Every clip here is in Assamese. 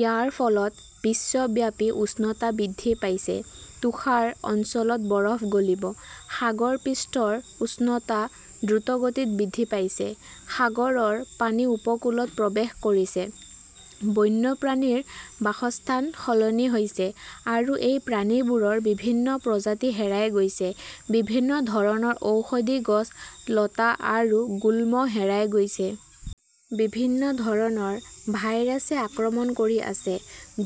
ইয়াৰ ফলত বিশ্বব্যাপী উষ্ণতা বৃদ্ধি পাইছে। তুষাৰ অঞ্চলত বৰফ গলিব। সাগৰ পৃষ্ঠৰ উচ্চতা দ্ৰুতগতিত বৃদ্ধি পাইছে। সাগৰৰ পানী উপকূলত প্ৰৱেশ কৰিছে। বন্যপ্ৰাণীৰ বাসস্থান সলনি হৈছে। আৰু এই প্ৰাণীবোৰৰ বিভিন্ন প্ৰজাতি হেৰাই গৈছে। বিভিন্ন ধৰণৰ ঔষধি গছ, লতা আৰু গুল্ম হেৰাই গৈছে। বিভিন্ন ধৰণৰ ভাইৰাছে আক্ৰমণ কৰি আছে।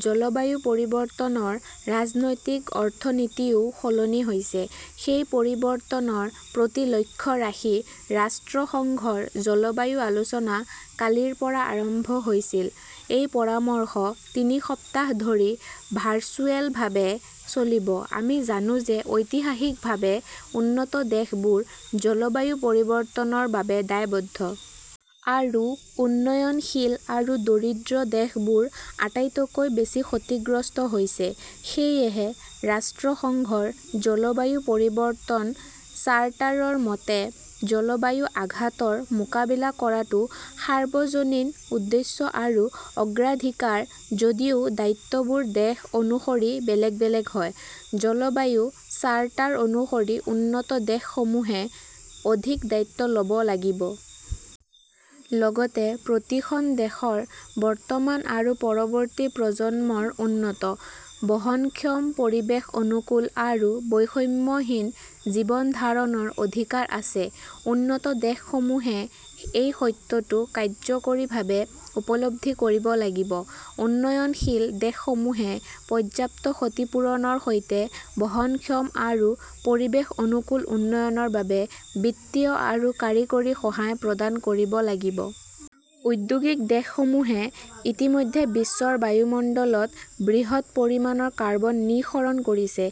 জলবায়ু পৰিৱৰ্তনৰ ৰাজনৈতিক অৰ্থনীতিও সলনি হৈছে। সেই পৰিৱৰ্তনৰ প্ৰতি লক্ষ্য ৰাখি ৰাষ্ট্ৰসংঘৰ জলবায়ু আলোচনা কালিৰ পৰা আৰম্ভ হৈছিল। এই পৰামৰ্শ তিনি সপ্তাহ ধৰি ভাৰ্চুৱেলভাৱে চলিব। আমি জানো, ঐতিহাসিকভাৱে উন্নত দেশবোৰ জলবায়ু পৰিৱৰ্তনৰ বাবে দায়বদ্ধ। আৰু উন্নয়নশীল আৰু দৰিদ্ৰ দেশবোৰ আটাইতকৈ বেছি ক্ষতিগ্ৰস্ত হৈছে। সেয়েহে, ৰাষ্ট্ৰসংঘৰ জলবায়ু পৰিৱৰ্তন চাৰ্টাৰৰ মতে, জলবায়ু আঘাতৰ মোকাবিলা কৰাটো সাৰ্বজনীন উদ্দেশ্য আৰু অগ্ৰাধিকাৰ যদিও দায়িত্ববোৰ দেশ অনুসৰি বেলেগ বেলেগ হয়। জলবায়ু চাৰ্টাৰ অনুসৰি উন্নত দেশসমূহে অধিক দায়িত্ব ল "ব লাগিব। লগতে, প্ৰতিখন দেশৰ বৰ্তমান আৰু পৰৱৰ্তী প্ৰজন্মৰ উন্নত, বহনক্ষম, পৰিৱেশ অনুকূল আৰু বৈষম্যহীন জীৱন ধাৰণৰ অধিকাৰ আছে-উন্নত দেশসমূহে এই সত্যটো কাৰ্যকৰীভাৱে উপলব্ধি কৰিব লাগিব। উন্নয়নশীল দেশসমূহে পৰ্যাপ্ত ক্ষতিপূৰণৰ সৈতে বহনক্ষম আৰু পৰিৱেশ অনুকূল উন্নয়নৰ বাবে বিত্তীয় আৰু কাৰিকৰী সহায় প্ৰদান কৰিব লাগিব। ঔদ্যোগিক দেশসমূহে ইতিমধ্যে বিশ্বৰ বায়ুমণ্ডলত বৃহৎ পৰিমাণৰ কাৰ্বন নিঃসৰণ কৰিছে।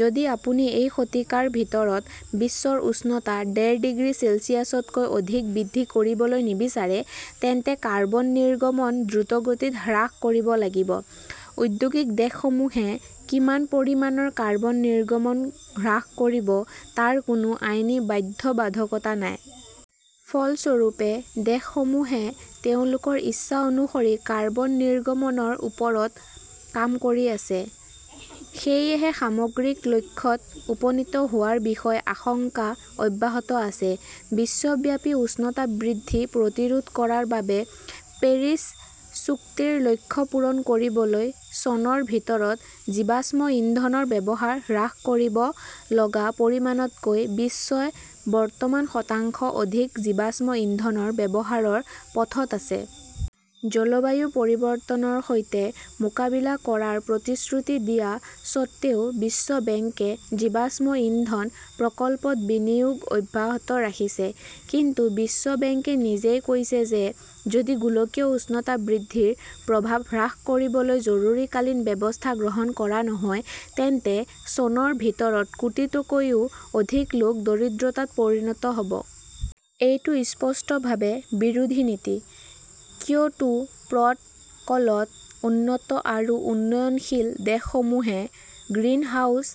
যদি আপুনি এই শতিকাৰ ভিতৰত বিশ্বৰ উষ্ণতা ডেৰ ডিগ্ৰী চেলছিয়াছতকৈ অধিক বৃদ্ধি কৰিবলৈ নিবিচাৰে তেন্তে কাৰ্বন নিৰ্গমন দ্ৰুতগতিত হ্ৰাস কৰিব লাগিব। ঔদ্যোগিক দেশসমূহে কিমান পৰিমাণৰ কাৰ্বন নিৰ্গমন হ্ৰাস কৰিব তাৰ কোনো আইনী বাধ্যবাধকতা নাই। ফলস্বৰূপে, দেশসমূহে তেওঁলোকৰ ইচ্ছা অনুসৰি কাৰ্বন নিৰ্গমনৰ ওপৰত কাম কৰি আছে। সেয়েহে সামগ্ৰিক লক্ষ্যত উপনীত হোৱাৰ বিষয়ে আশংকা অব্যাহত আছে। বিশ্বব্যাপী উষ্ণতা বৃদ্ধি প্ৰতিৰোধ কৰাৰ বাবে পেৰিছ চুক্তিৰ লক্ষ্য পূৰণ কৰিবলৈ চনৰ ভিতৰত জীৱাশ্ম ইন্ধনৰ ব্যৱহাৰ হ্ৰাস কৰিব লগা পৰিমাণতকৈ বিশ্বই বৰ্তমান শতাংশ অধিক জীৱাশ্ম ইন্ধনৰ ব্যৱহাৰৰ পথত আছে। জলবায়ু পৰিৱৰ্তনৰ সৈতে মোকাবিলা কৰাৰ প্ৰতিশ্ৰুতি দিয়া স্বত্বেও বিশ্ব বেংকে জীৱাশ্ম ইন্ধন প্ৰকল্পত বিনিয়োগ অব্যাহত ৰাখিছে। কিন্তু বিশ্ব বেংকে নিজেই কৈছে যে যদি গোলকীয় উষ্ণতা বৃদ্ধিৰ প্ৰভাৱ হ্ৰাস কৰিবলৈ জৰুৰীকালীন ব্যৱস্থা গ্ৰহণ কৰা নহয় তেন্তে চনৰ ভিতৰত কোটিতকৈও অধিক লোক দৰিদ্ৰতাত পৰিণত হ 'ব। এইটো স্পষ্টভাৱে বিৰোধী নীতি। কিয়োটো প্ৰট "কলত উন্নত আৰু উন্নয়নশীল দেশসমূহে গ্ৰিনহাউজ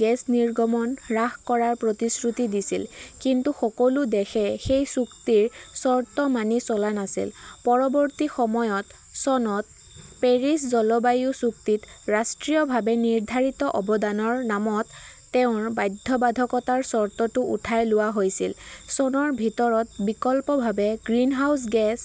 গেছ নিৰ্গমন হ্ৰাস কৰাৰ প্ৰতিশ্ৰুতি দিছিল। কিন্তু সকলো দেশে সেই চুক্তিৰ চৰ্ত মানি চলা নাছিল। পৰৱৰ্তী সময়ত চনত পেৰিছ জলবায়ু চুক্তিত 'ৰাষ্ট্ৰীয়ভাৱে নিৰ্ধাৰিত অৱদান " ৰ নামত তেওঁৰ বাধ্যবাধকতাৰ চৰ্তটো উঠাই লোৱা হৈছিল। চনৰ ভিতৰত বিকল্পভাৱে গ্ৰিনহাউজ গেছ